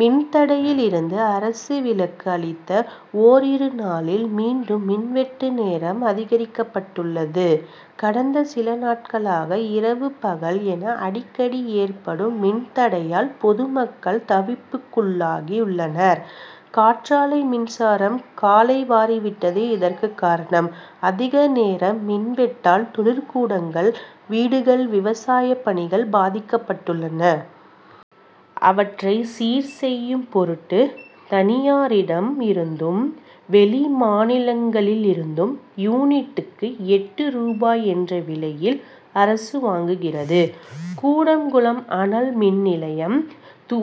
மின்தடையில் இருந்து அரசு விலக்கு அளித்த ஓரிரு நாளில் மீண்டும் மின்வெட்டு நேரம் அதிகரிக்கப்பட்டுள்ளது. கடந்த சில நாட்களாக இரவு பகல் என அடிக்கடி ஏற்படும் மின் தடையால் பொதுமக்கள் தவிப்புக்குள்ளாகி உள்ளனர். காற்றாலை மின்சாரம் காலைவாரி விட்டதே இதற்கு காரணம். அதிக நேரம் மின்வெட்டால் தொழிற் கூடங்கள் வீடுகள் விவசாயப் பணிகள் பாதிக்கப்பட்டுள்ளன. அவற்றை சீர் செய்யும் பொருட்டு தனி யாரிடம் இருந்தும் வெளி மாநிலங்களில் இருந்தும் யூனிட்டுக்கு எட்டு ரூபாய் என்ற விலையில் அரசு வாங்குகிறது. கூடங்குளம் அனல்மின் நிலையம்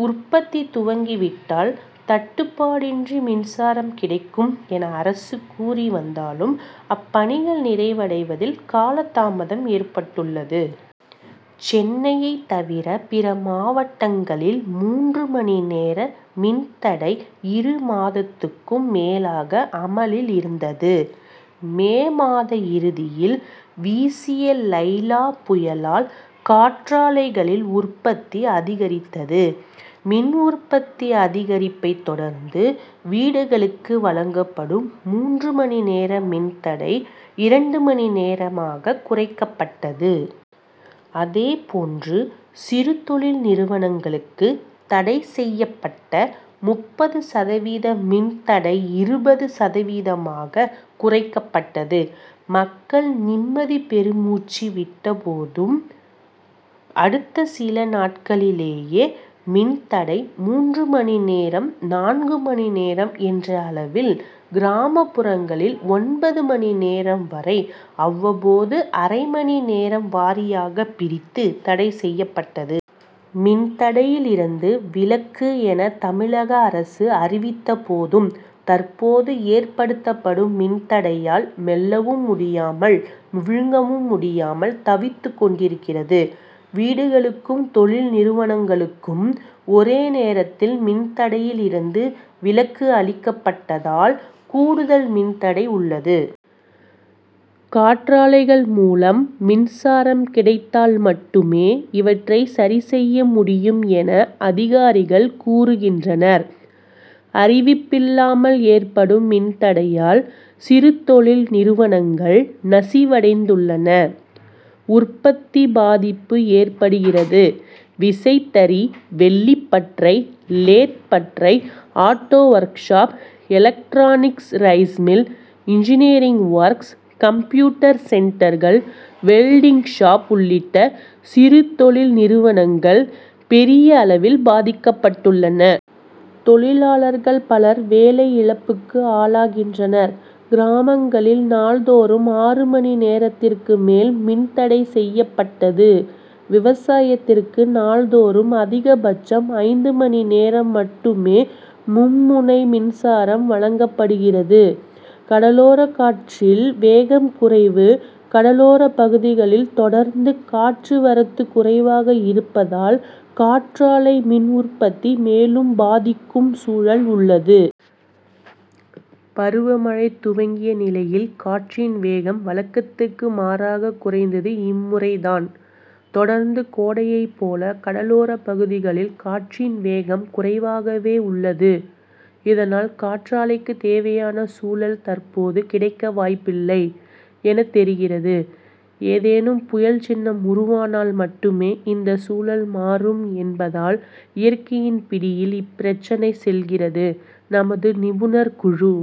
உற்பத்தி துவங்கி விட்டால் தட்டுப் பாடின்றி மின்சாரம் கிடைக்கும் என அரசு கூறி வந்தாலும் அப்பணிகள் நிறைவடைவதில் கால தாமதம் ஏற்பட்டுள்ளது. சென்னையைத் தவிர பிற மாவட்டங்களில் மூன்று மணி நேர மின்தடை இரு மாதத்துக்கும் மேலாக அமலில் இருந்தது. மே மாத இறுதியில் வீசிய லைலா புயலால் காற்றாலைகளில் உற்பத்தி அதிகரித்தது. மின் உற்பத்தி அதிகரிப்பை தொடர்ந்து வீடுகளுக்கு வழங்கப்படும் மூன்று மணி நேர மின்தடை. இரண்டு மணி நேரமாக குறைக்கப்பட் டது. அதேபோன்று சிறு தொழில் நிறுவனங்களுக்கு தடை செய்யப்பட்ட முப்பது சதவீத மின்தடை இருபது சதவீத மாக குறைக்கப்பட்டது. மக்கள் நிம்மதி பெரு மூச்சு விட்டபோதும் அடுத்த ஒரு சில நாட் களிலேயே மின்தடை மூன்று மணி நேரம் நான்கு மணி நேரம் என்ற அளவில் கிராமப்புறங்களில் ஒன்பது மணி நேரம் வரை அவ்வப் போது அரைமணி நேரம் வாரியாக பிரித்து தடை செய்யப்பட்டது. மின்தடையில் இருந்து விலக்கு என தமிழக அரசு அறிவித்தபோதும் தற் போது ஏற்படுத்தப்படும் மின்தடையால் மெல் லவும் முடியாமல் விழுங் கவும் முடியாமல் தவித்துக் கொண்டிருக்கிறது. வீடுகளுக்கும் தொழில் நிறுவனங்களுக்கும் ஒரே நேரத்தில் மின்தடையில் இருந்து விலக்கு அளிக்கப் பட்டதால் கூடுதல் மின் தடை உள்ளது. காற்றாலைகள் மூலம் மின்சாரம் கிடைத்தால் மட்டுமே இவற்றை சரிசெய்ய முடியும் என அதிகாரிகள் கூறுகின்றனர். அறிவிப்பில்லாமல் ஏற்படும் மின்தடையால் சிறு தொழில் நிறுவனங் கள் நசிவடைந்துள்ளன. உற்பத்தி பாதிப்பு ஏற்படுகிறது. விசைத்தறி வெள்ளிப்பட்டறை லேத் பட்டறை auto workshop electronics rice mill engineering works computer சென்டர்கள் வெல்டிங் ஷாப் உள்ளிட்ட சிறு தொழில் நிறுவனங்கள் பெரிய அளவில் பாதிக்கப்பட் டுள்ளன. தொழிலாளர்கள் பலர் வேலை இழப்புக்கு ஆளாகின்றனர். கிராமங் களில் நாள்தோறும் ஆறு மணி நேரத்திற்கு மேல் மின்தடை செய்யப் பட்டது. விவசாயத்திற்கு நாள் தோறும் அதிகபட்சம் ஐந்து மணி நேரம் மட்டுமே மும்முனை மின்சாரம் வழங்கப்படுகிறது. கடலோர காற்றில் வேகம் குறைவு கடலோர பகுதிகளில் தொடர்ந்து காற்று வரத்து குறைவாக இருப்பதால் காற்றாலை மின்உற்பத்தி மேலும் பாதிக்கும் சூழல் உள்ளது. பருவ மழை துவங்கிய நிலையில் காற்றின் வேகம் வழக்கத்துக்கு மாறாக குறைந்தது இம்முறை தான். தொடர்ந்து கோடையை போல கடலோர பகுதிகளில் காற்றின் வேகம் குறைவாகவே உள்ளது. இதனால் காற்றாலைக்கு தேவையான சூழல் தற்போது கிடைக்க வாய்ப்பில்லை என தெரிகிறது. ஏதேனும் புயல் சின்னம் உருவானால் மட்டுமே இந்த சூழல் மாறும் என்பதால் இயற்கையின் பிடியில் இப்பிரச்னை செல்கிறது. நமது நிருபர் குழு.